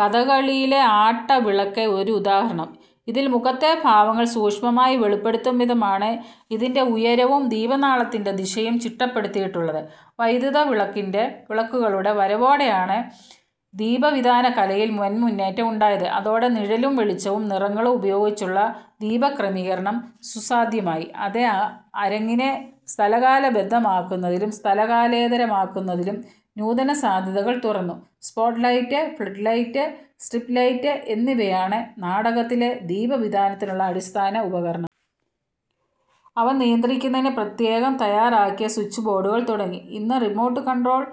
കഥകളിയിലെ ആട്ടവിളക്ക് ഒരുദാഹരണം. ഇതിൽ മുഖത്തെ ഭാവങ്ങൾ സൂക്ഷ്മമായി വെളിപ്പെടുത്തുംവിധമാണ് ഇതിൻ്റെ ഉയരവും ദീപനാളത്തിൻ്റെ ദിശയും ചിട്ടപ്പെടുത്തിയിട്ടുള്ളത്. വൈദ്യുതവിളക്കുകളുടെ വരവോടെയാണ് ദീപവിതാനകലയിൽ വൻമുന്നേറ്റം ഉണ്ടായത്. അതോടെ നിഴലും വെളിച്ചവും നിറങ്ങളും ഉപയോഗിച്ചുള്ള ദീപക്രമീകരണം സുസാധ്യമായി. അത് അരങ്ങിനെ സ്ഥലകാലബദ്ധമാക്കുന്നതിലും സ്ഥലകാലേതരമാക്കുന്നതിലും നൂതനസാധ്യതകൾ തുറന്നു. സ്പോട്ട്ലൈറ്റ്, ഫ്ലഡ്ലൈറ്റ്, സ്ട്രിപ്പ്ലൈറ്റ് എന്നിവയാണ് നാടകത്തിലെ ദീപവിതാനത്തിനുള്ള അടിസ്ഥാന ഉപകരണം അവ നിയന്ത്രിക്കുന്നതിന് പ്രത്യേകം തയ്യാറാക്കിയസു ച്ച്ബോർഡുകൾ തുടങ്ങി, ഇന്ന് റിമോട്ട് കൺട്രോൾ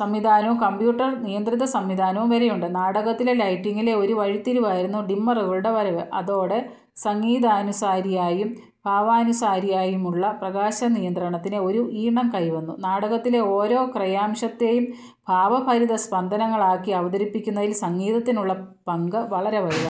സംവിധാനവും കംപ്യൂട്ടർ നിയന്ത്രിതസംവിധാനവും വരെയുണ്ട്. നാടകത്തിലെ ലൈറ്റിങ്ങിലെ ഒരു വഴിത്തിരിവായിരുന്നു ഡിമ്മറുകളുടെ വരവ്. അതോടെ സംഗീതാനുസാരിയായും ഭാവാനുസാരിയായുമുള്ള പ്രകാശനിയന്ത്രണത്തിന് ഒരു ഈണം കൈവന്നു. നാടകത്തിലെ ഓരോ ക്രയാംശത്തെയും ഭാവഭരിതസ്പന്ദനങ്ങളാക്കി അവതരിപ്പിക്കുന്നതിൽ സംഗീതത്തിനുള്ള പങ്ക് വളരെ വലുതാണ്.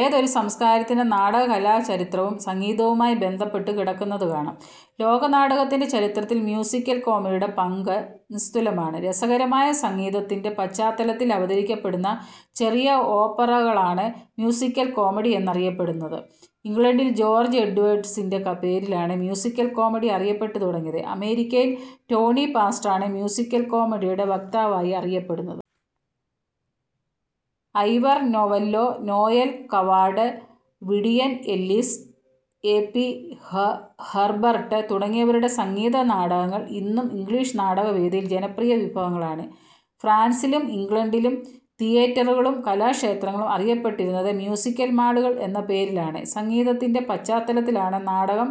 ഏതൊരു സംസ്കാരത്തിൻ്റെ നാടക കലാചരിത്രവും സംഗീതവുമായി ബന്ധപ്പെട്ടു കിടക്കുന്നതുകാണാം. ലോക നാടകത്തിൻ്റെ ചരിത്രത്തിൽ മ്യൂസിക്കൽ കോമഡിയുടെ പങ്ക് നിസ്തുലമാണ്. രസകരമായ സംഗീതത്തിൻ്റെ പശ്ചാത്തലത്തിൽ അവതരിപ്പിക്കപ്പെടുന്ന ചെറിയ ഓപ്പറകളാണ് മ്യൂസിക്കൽ കോമഡി എന്നറിയപ്പെടുന്നത്. ഇംഗ്ലണ്ടിൽ ജോർജ് എഡ്വേഡ്സിൻ്റെ പേരിലാണ് മ്യൂസിക്കൽ കോമഡി അറിയപ്പെട്ടു തുടങ്ങിയത്. അമേരിക്കയിൽ ടോണി പാസ്റ്ററാണ് മ്യൂസിക്കൽ കോമഡിയുടെ വക്താവായി അറിയപ്പെടുന്നത്. Ivor Novello, Noel Coward, Vivian Ellis, A P Herbert തുടങ്ങിയവരുടെ സംഗീത നാടകങ്ങൾ ഇന്നും ഇംഗ്ലീഷ് നാടകവേദിയിൽ ജനപ്രിയ വിഭവങ്ങളാണ്. ഫ്രാൻസിലും ഇംഗ്ലണ്ടിലും തിയേറ്ററുകളും കലാക്ഷേത്രങ്ങളും അറിയപ്പെട്ടിരുന്നത് മ്യൂസിക്കൽ മാളുകൾ എന്ന പേരിലാണ്. സംഗീതത്തിൻ്റെ പശ്ചാത്തലത്തിലാണ് നാടകം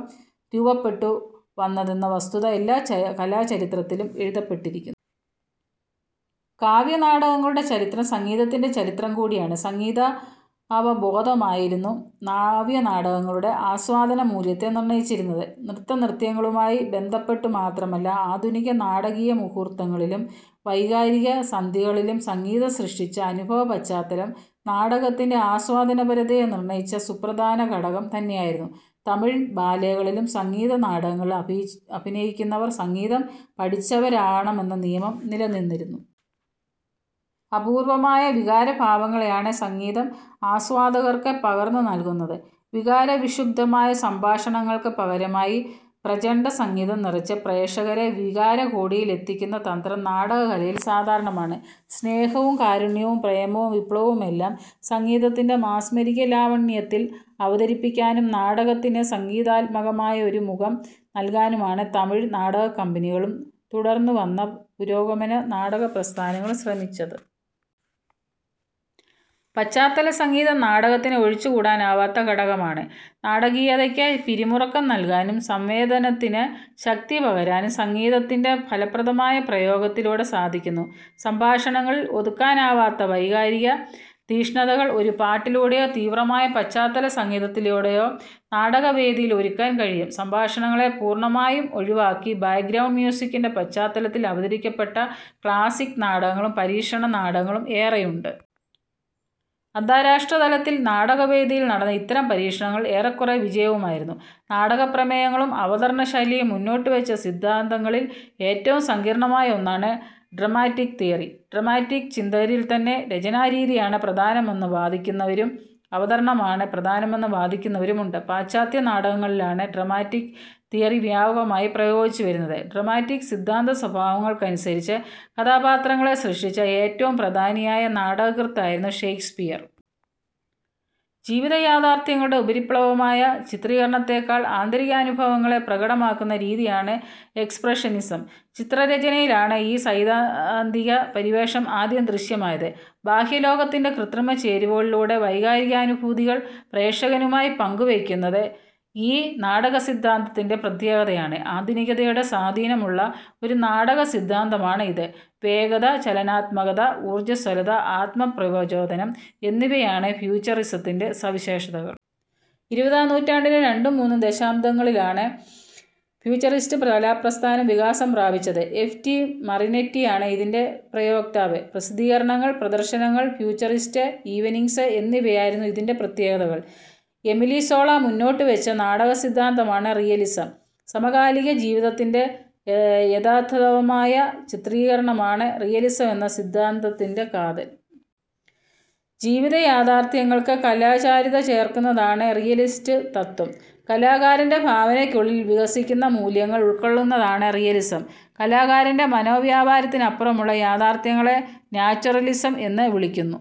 രൂപപ്പെട്ടുവന്നതെന്ന വസ്തുത എല്ലാ കലാചരിത്രത്തിലും എഴുതപ്പെട്ടിരിക്കുന്നു. കാവ്യനാടകങ്ങളുടെ ചരിത്രം സംഗീതത്തിൻ്റെ ചരിത്രം കൂടിയാണ്. സംഗീതാവബോധമായിരുന്നു നാ വ്യനാടകങ്ങളുടെ ആസ്വാദന മൂല്യത്തെ നിർണയിച്ചിരുന്നത്. നൃത്തനൃത്യങ്ങളുമായി ബന്ധപ്പെട്ടു മാത്രമല്ല, ആധുനിക നാടകീയ മുഹൂർത്തങ്ങളിലും വൈകാരിക സന്ധികളിലും സംഗീതം സൃഷ്ടിച്ച അനുഭവപശ്ചാത്തലം നാടകത്തിൻ്റെ ആസ്വാദനപരതയെ നിർണയിച്ച സുപ്രധാനഘടകം തന്നെയായിരുന്നു. തമിഴ് ബാലേകളിലും സംഗീത നാടകങ്ങളിലും അഭിനയിക്കുന്നവർ സംഗീതം പഠിച്ചവരാകണമെന്ന നിയമം നിലനിന്നിരുന്നു. അപൂർവമായ വികാരഭാവങ്ങളെയാണ് സംഗീതം ആസ്വാദകർക്ക് പകർന്നു നൽകുന്നത്. വികാരവിക്ഷുബ്ധമായ സംഭാഷണങ്ങൾക്ക് പകരമായി, പ്രചണ്ഡസംഗീതം നിറച്ച് പ്രേക്ഷകരെ വികാരകോടിയിലെത്തിക്കുന്ന തന്ത്രം നാടകകലയിൽ സാധാരണമാണ്. സ്നേഹവും കാരുണ്യവും പ്രേമവും വിപ്ലവവുമെല്ലാം സംഗീതത്തിൻ്റെ മാസ്മരിക ലാവണ്യത്തിൽ അവതരിപ്പിക്കാനും നാടകത്തിന് സംഗീതാത്മകമായ ഒരു മുഖം നൽകാനുമാണ് തമിഴ് നാടകക്കമ്പനികളും തുടർന്നുവന്ന പുരോഗമന നാടകപ്രസ്ഥാനങ്ങളും ശ്രമിച്ചത്. പശ്ചാത്തല സംഗീതം നാടകത്തിന് ഒഴിച്ചുകൂടാനാവാത്ത ഘടകമാണ്. നാടകീയതയ്ക്ക് പിരിമുറുക്കം നൽകാനും സംവേദനത്തിന് ശക്തി പകരാനും സംഗീതത്തിൻ്റെ ഫലപ്രദമായ പ്രയോഗത്തിലൂടെ സാധിക്കുന്നു. സംഭാഷണങ്ങളിൽ ഒതുക്കാനാവാത്ത വൈകാരിക തീക്ഷ്ണതകൾ ഒരു പാട്ടിലൂടെയോ തീവ്രമായ പശ്ചാത്തല സംഗീതത്തിലൂടെയോ നാടകവേദിയിൽ ഒരുക്കാൻ കഴിയും. സംഭാഷണങ്ങളെ പൂർണമായും ഒഴിവാക്കി, ബാക്ക്ഗ്രൗണ്ട് മ്യൂസിക്കിൻ്റെ പശ്ചാത്തലത്തിൽ അവതരിപ്പിക്കപ്പെട്ട ക്ലാസിക് നാടകങ്ങളും പരീക്ഷണ നാടകങ്ങളും ഏറെയുണ്ട്. അന്താരാഷ്ട്രതലത്തിൽ നാടകവേദിയിൽ നടന്ന ഇത്തരം പരീക്ഷണങ്ങൾ ഏറെക്കുറെ വിജയവുമായിരുന്നു. നാടകപ്രമേയങ്ങളും അവതരണശൈലിയും മുന്നോട്ടുവച്ച സിദ്ധാന്തങ്ങളിൽ ഏറ്റവും സങ്കീർണമായ ഒന്നാണ് ഡ്രമാറ്റിക് തിയറി. ഡ്രമാറ്റിക് ചിന്തകരിൽത്തന്നെ രചനാരീതിയാണ് പ്രധാനമെന്ന് വാദിക്കുന്നവരും അവതരണമാണ് പ്രധാനമെന്ന് വാദിക്കുന്നവരുമുണ്ട്. പാശ്ചാത്യ നാടകങ്ങളിലാണ് ഡ്രമാറ്റിക് തിയറി വ്യാപകമായി പ്രയോഗിച്ചുവരുന്നത്. ഡ്രമാറ്റിക് സിദ്ധാന്ത സ്വഭാവങ്ങൾക്കനുസരിച്ച് കഥാപാത്രങ്ങളെ സൃഷ്ടിച്ച ഏറ്റവും പ്രധാനിയായ നാടകകൃത്തായിരുന്നു ഷെയ്ക്സ്പിയർ. ജീവിത യാഥാർഥ്യങ്ങളുടെ ഉപരിപ്ലവമായ ചിത്രീകരണത്തെക്കാൾ ആന്തരികാനുഭവങ്ങളെ പ്രകടമാക്കുന്ന രീതിയാണ് എക്സ്പ്രഷനിസം. ചിത്രരചനയിലാണ് ഈ സൈതാ ന്തിക പരിവേഷം ആദ്യം ദൃശ്യമായത്. ബാഹ്യലോകത്തിൻ്റെ കൃത്രിമച്ചേരുവകളിലൂടെ വൈകാരികാനുഭൂതികൾ പ്രേക്ഷകനുമായി പങ്കുവയ്ക്കുന്നത് ഈ നാടകസിദ്ധാന്തത്തിൻ്റെ പ്രത്യേകതയാണ്. ആധുനികതയുടെ സ്വാധീനമുള്ള ഒരു നാടകസിദ്ധാന്തമാണ് ഇത്. വേഗത, ചലനാത്മകത, ഊർജസ്വലത, ആത്മപ്രക ചോദനം എന്നിവയാണ് ഫ്യൂച്ചറിസത്തിൻ്റെ സവിശേഷതകൾ. ഇരുപതാം നൂറ്റാണ്ടിൻ്റെ രണ്ടും മൂന്നും ദശാബ്ദങ്ങളിലാണ് ഫ്യൂച്ചറിസ്റ്റ് കലാപ്രസ്ഥാനം വികാസം പ്രാപിച്ചത്. എഫ് ടി മറിനെറ്റിയാണ് ഇതിൻ്റെ പ്രയോക്താവ്. പ്രസിദ്ധീകരണങ്ങൾ, പ്രദർശനങ്ങൾ, ഫ്യൂച്ചറിസ്റ്റ് ഈവനിങ്സ് എന്നിവയായിരുന്നു ഇതിൻ്റെ പ്രത്യേകതകൾ. എമിലി സോള മുന്നോട്ടുവച്ച നാടകസിദ്ധാന്തമാണ് റിയലിസം. സമകാലിക ജീവിതത്തിൻ്റെ യഥാതഥമായ ചിത്രീകരണമാണ് റിയലിസം എന്ന സിദ്ധാന്തത്തിൻ്റെ കാതൽ. ജീവിതയാഥാർഥ്യങ്ങൾക്ക് കലാചാരുത ചേർക്കുന്നതാണ് റിയലിസ്റ്റ് തത്ത്വം. കലാകാരൻ്റെ ഭാവനയ്ക്കുള്ളിൽ വികസിക്കുന്ന മൂല്യങ്ങൾ ഉൾക്കൊള്ളുന്നതാണ് റിയലിസം. കലാകാരൻ്റെ മനോവ്യാപാരത്തിനപ്പുറമുള്ള യാഥാർഥ്യങ്ങളെ നാച്വറലിസം എന്ന് വിളിക്കുന്നു.